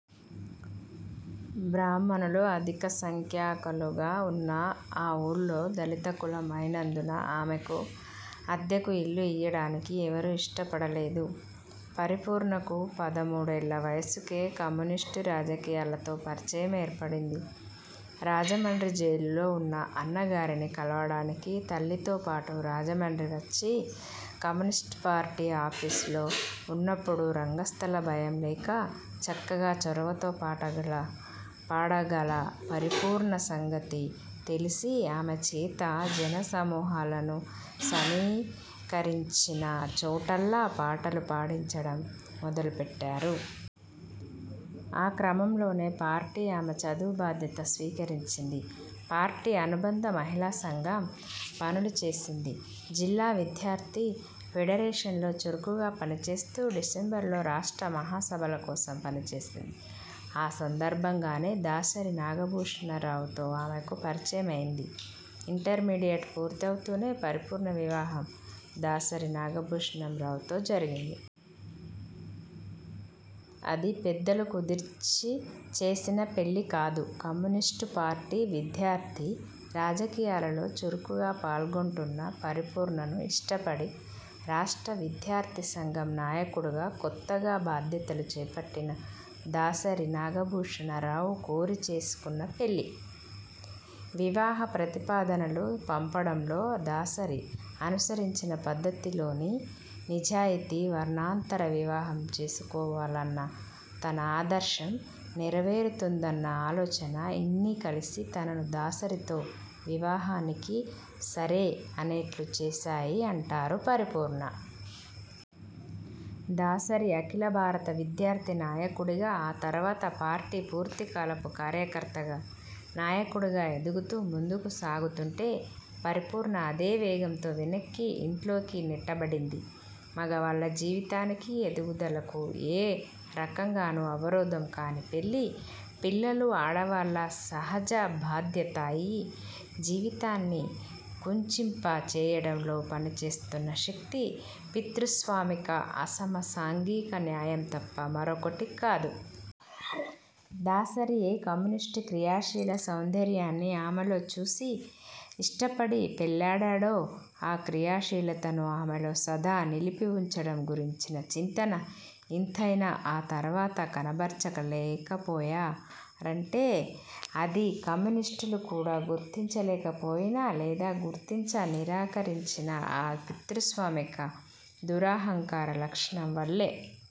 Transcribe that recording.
బ్రాహ్మణులు అధిక సంఖ్యాకులుగా ఉన్న ఆ వూళ్ళో దళిత కులం అయినందున ఆమెకు అద్దెకు ఇల్లు ఇయ్యటానికి ఎవ్వరూ ఇష్టపడలేదు. పరిపూర్ణకు పదమూడేళ్ల వయసుకే కమ్యూనిస్టు రాజకీయాలతో పరిచయం ఏర్పడింది. రాజమండ్రి జైలులో ఉన్న అన్నగారిని కలవటానికి తల్లితో పాటు రాజమండ్రి వచ్చి కమ్యూనిస్ట్పార్టీ ఆఫీసులో వున్నప్పుడు రంగస్థల భయంలేక చక్కగా చొరవతో పాడగల పరిపూర్ణ సంగతి తెలిసి ఆమె చేత జన సమూహాలను సమీకరిం చిన చోటల్లా పాటలు పాడించటం మొదలు పెట్టారు. ఆ క్రమంలోనే పార్టీ ఆమె చదువు బాధ్యత స్వీకరించింది. పార్టీ అనుబంధ మహిళా సంఘం పనులు చేసింది. జిల్లా విద్యార్థి ఫెడరేషన్లో చురుకుగా పనిచేస్తూ డిసెంబర్లో రాష్ట్ర మహాసభల కోసం పని చేసింది. ఆ సందర్భంగానే దాసరి నాగభూషణరావుతో ఆమెకు పరిచయం అయింది. ఇంటర్మీడియట్ పూర్తవుతూనే పరిపూర్ణ వివాహం దాసరి నాగభూషణరావుతో జరిగింది. అది పెద్దలు కుదిర్చిచేసిన పెళ్లికాదు. కమ్యూనిస్టు పార్టీ విద్యార్థి రాజకీయాలలో చురుకుగా పాల్గొంటున్న పరిపూర్ణను ఇష్టపడి రాష్ట్ర విద్యార్థి సంఘం నాయకుడుగా కొత్తగా బాధ్యతలు చేపట్టిన దాసరి నాగభూషణరావు కోరి చేసుకొన్నపెళ్లి. వివాహ ప్రతిపాదనలు పంపటంలో దాసరి అనుసరించిన పద్ధతిలోని నిజాయితీ-వర్ణాంతర వివాహం చేసుకోవాలన్న తన ఆదర్శం నెరవేరుతుందన్న ఆలోచన ఇన్నీ కలిసి తనను దాసరితో వివాహానికి సరే అనేట్లు చేశాయి అంటారు పరిపూర్ణ. దాసరి అఖిల భారత విద్యార్థి నాయకుడిగా, ఆ తరువాత పార్టీ పూర్తికాలపు కార్యకర్తగా, నాయకుడిగా ఎదుగుతూ ముందుకు సాగుతుంటే పరిపూర్ణ అదే వేగంతో వెనక్కి, ఇంట్లోకి నెట్టబడింది. మగవాళ్ల జీవితానికి, ఎదుగుదలకు ఏ రకంగానూ అవరోధం కాని పెళ్లి, పిల్లలు ఆడవాళ్ళ 'సహజ బాధ్యత' అయి జీవితాన్ని కుంచింప చేయటంలో పనిచేస్తున్న శక్తి పితృస్వామిక అసమ సాంఘిక న్యాయం తప్ప మరొకటి కాదు. దాసరి ఏ కమ్యూనిస్టు క్రియాశీల సౌంద ర్యాన్ని ఆమెలో చూచి ఇష్టపడి పెళ్లాడాడో ఆ క్రియాశీలతను ఆమెలో సదా నిలిపివుంచటం గురించిన చింతన ఇంతైనా ఆ తరువాత కనబరచ లేకపోయా రంటే అది కమ్యూనిస్టులు కూడా గుర్తించలేకపోయిన లేదా గుర్తించ నిరాకరించిన ఆ పితృస్వామిక దురహంకార లక్షణం వల్లే